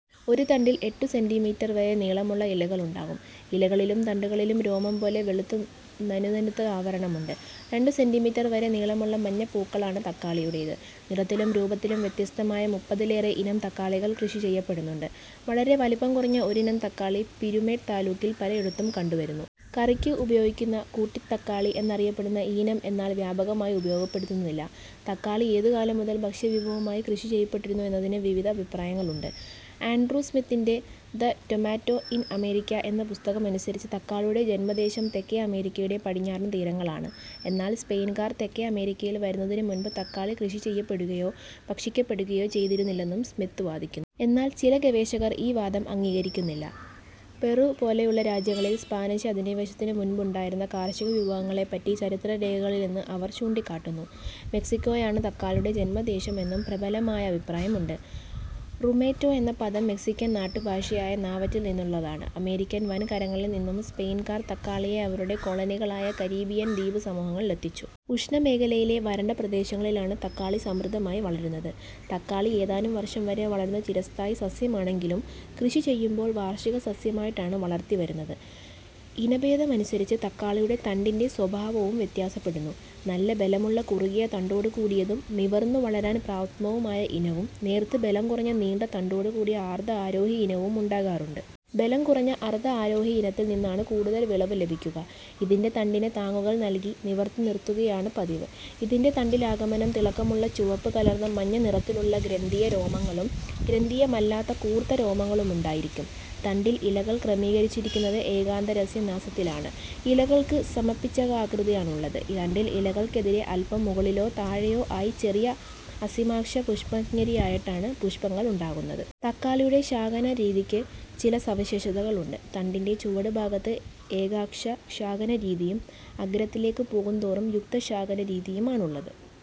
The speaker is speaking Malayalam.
ഒരു തണ്ടിൽ എട്ടു സെ. മീ വരെ നീളമുള്ള ഇലകളുണ്ടാകും. ഇലകളിലും തണ്ടുകളിലും രോമം പോലെ വെളുത്തു നനുനനുത്ത ആവരണമുണ്ട്. രണ്ടു സെ. മീ. വരെ നീളമുള്ള മഞ്ഞ പൂക്കളാണ് തക്കാളിയുടേത്. നിറത്തിലും രൂപത്തിലും വ്യത്യസ്തമായ മുപ്പതിലേറെ ഇനം തക്കാളികൾ കൃഷി ചെയ്യപ്പെടുന്നുണ്ട്. വളരെ വലിപ്പം കുറഞ്ഞ ഒരിനം തക്കാളി പീരുമേട് താലൂക്കിൽ പലയിടത്തും കണ്ടു വരുന്നു. കറിയ്ക്ക് ഉപയോഗിക്കുന്ന, കുട്ടിത്തക്കാളി എന്നറിയപ്പെടുന്ന ഈയിനം എന്നാൽ വ്യാപകമായി ഉപയോഗപ്പെടുത്തുന്നില്ല. തക്കാളി ഏതുകാലം മുതൽ ഭക്ഷ്യവിഭവമായി കൃഷിചെയ്യപ്പെട്ടിരുന്നു എന്നതിന് വിവിധ അഭിപ്രായങ്ങളുണ്ട്. ആൻഡ്രൂ സ്മിത്തിന്റെ ദ് റ്റൊമേറ്റോ ഇൻ അമേരിക്ക എന്ന പുസ്തകമനുസരിച്ച് തക്കാളിയുടെ ജന്മദേശം തെക്കേ അമേരിക്കയുടെ പടിഞ്ഞാറൻ തീരങ്ങളാണ്. എന്നാൽ സ്പെയിൻകാർ തെക്കേ അമേരിക്കയിൽ വരുന്നതിനുമുൻപ് തക്കാളി കൃഷിചെയ്യപ്പെടുകയോ ഭക്ഷിക്കപ്പെടുകയോ ചെയ്തിരുന്നില്ലെന്നും സ്മിത്ത് വാദിക്കുന്നു. എന്നാൽ ചില ഗവേഷകർ ഈ വാദം അംഗീകരിക്കുന്നില്ല. പെറു പോലെയുള്ള രാജ്യങ്ങളിൽ സ്പാനിഷ് അധിനിവേശത്തിനു മുൻപുണ്ടായിരുന്ന കാർഷികവിഭവങ്ങളെപ്പറ്റി ചരിത്രരേഖകളില്ലെന്ന് അവർ ചൂണ്ടിക്കാട്ടുന്നു. മെക്സിക്കോയാണ് തക്കാളിയുടെ ജന്മദേശമെന്നും പ്രബലമായ അഭിപ്രായമുണ്ട്. റ്റുമേറ്റോ എന്ന പദം മെക്സിക്കൻ നാട്ടുഭാഷയായ നാവറ്റിൽ നിന്നുള്ളതാണ്. അമേരിക്കൻ വൻകരകളിൽ നിന്നും സ്പെയിൻകാർ തക്കാളിയെ അവരുടെ കോളനികളായ കരീബിയൻ ദ്വീപുസമൂഹങ്ങളിലെത്തിച്ചു. ഉഷ്ണമേഖലയിലെ വരണ്ട പ്രദേശങ്ങളിലാണ് തക്കാളി സമൃദ്ധമായി വളരുന്നത്. തക്കാളി ഏതാനും വർഷം വരെ വളരുന്ന ചിരസ്ഥായി സസ്യമാണെങ്കിലും കൃഷിചെയ്യുമ്പോൾ വാർഷികസസ്യമായിട്ടാണ് വളർത്തി വരുന്നത്. ഇനഭേദമനുസരിച്ച് തക്കാളിയുടെ തണ്ടിന്റെ സ്വഭാവവും വ്യത്യാസപ്പെടുന്നു. നല്ല ബലമുള്ള കുറുകിയ തണ്ടോടുകൂടിയതും നിവർന്നു വളരാൻ പ്രാപ്തവുമായ ഇനവും, നേർത്ത് ബലം കുറഞ്ഞ നീണ്ട തണ്ടോടുകൂടിയ അർധ ആരോഹി ഇനവും ഉണ്ടാകാറുണ്ട്. ബലം കുറഞ്ഞ അർധ ആരോഹി ഇനത്തിൽ നിന്നാണ് കൂടുതൽ വിളവു ലഭിക്കുക. ഇതിന്റെ തണ്ടിന് താങ്ങുകൾ നല്കി നിവർത്തി നിറുത്തുകയാണു പതിവ്. ഇതിന്റെ തണ്ടിലാകമാനം തിളക്കമുള്ള ചുവപ്പുകലർന്ന മഞ്ഞനിറത്തിലുള്ള ഗ്രന്ഥീയരോമങ്ങളും ഗ്രന്ഥീയമല്ലാത്ത കൂർത്ത രോമങ്ങളുമുണ്ടായിരിക്കും. തണ്ടിൽ ഇലകൾ ക്രമീകരിച്ചിരിക്കുന്നത് ഏകാന്തരന്യാസത്തിലാണ്. ഇലകൾക്ക് സമപിച്ഛകാകൃതിയാണുള്ളത്. തണ്ടിൽ ഇലകൾക്കെതിരേ അല്പം മുകളിലോ താഴെയോ ആയി ചെറിയ അസീമാക്ഷപുഷ്പമഞ്ജരിയായിട്ടാണ് പുഷ്പങ്ങളുണ്ടാകുന്നത്. തക്കാളിയുടെ ശാഖനരീതിക്ക് ചില സവിശേഷതകളുണ്ട്. തണ്ടിന്റെ ചുവടുഭാഗത്ത് ഏകാക്ഷശാഖന രീതിയും അഗ്രത്തിലേക്കു പോകുന്തോറും യുക്തശാഖന രീതിയുമാണുള്ളത്.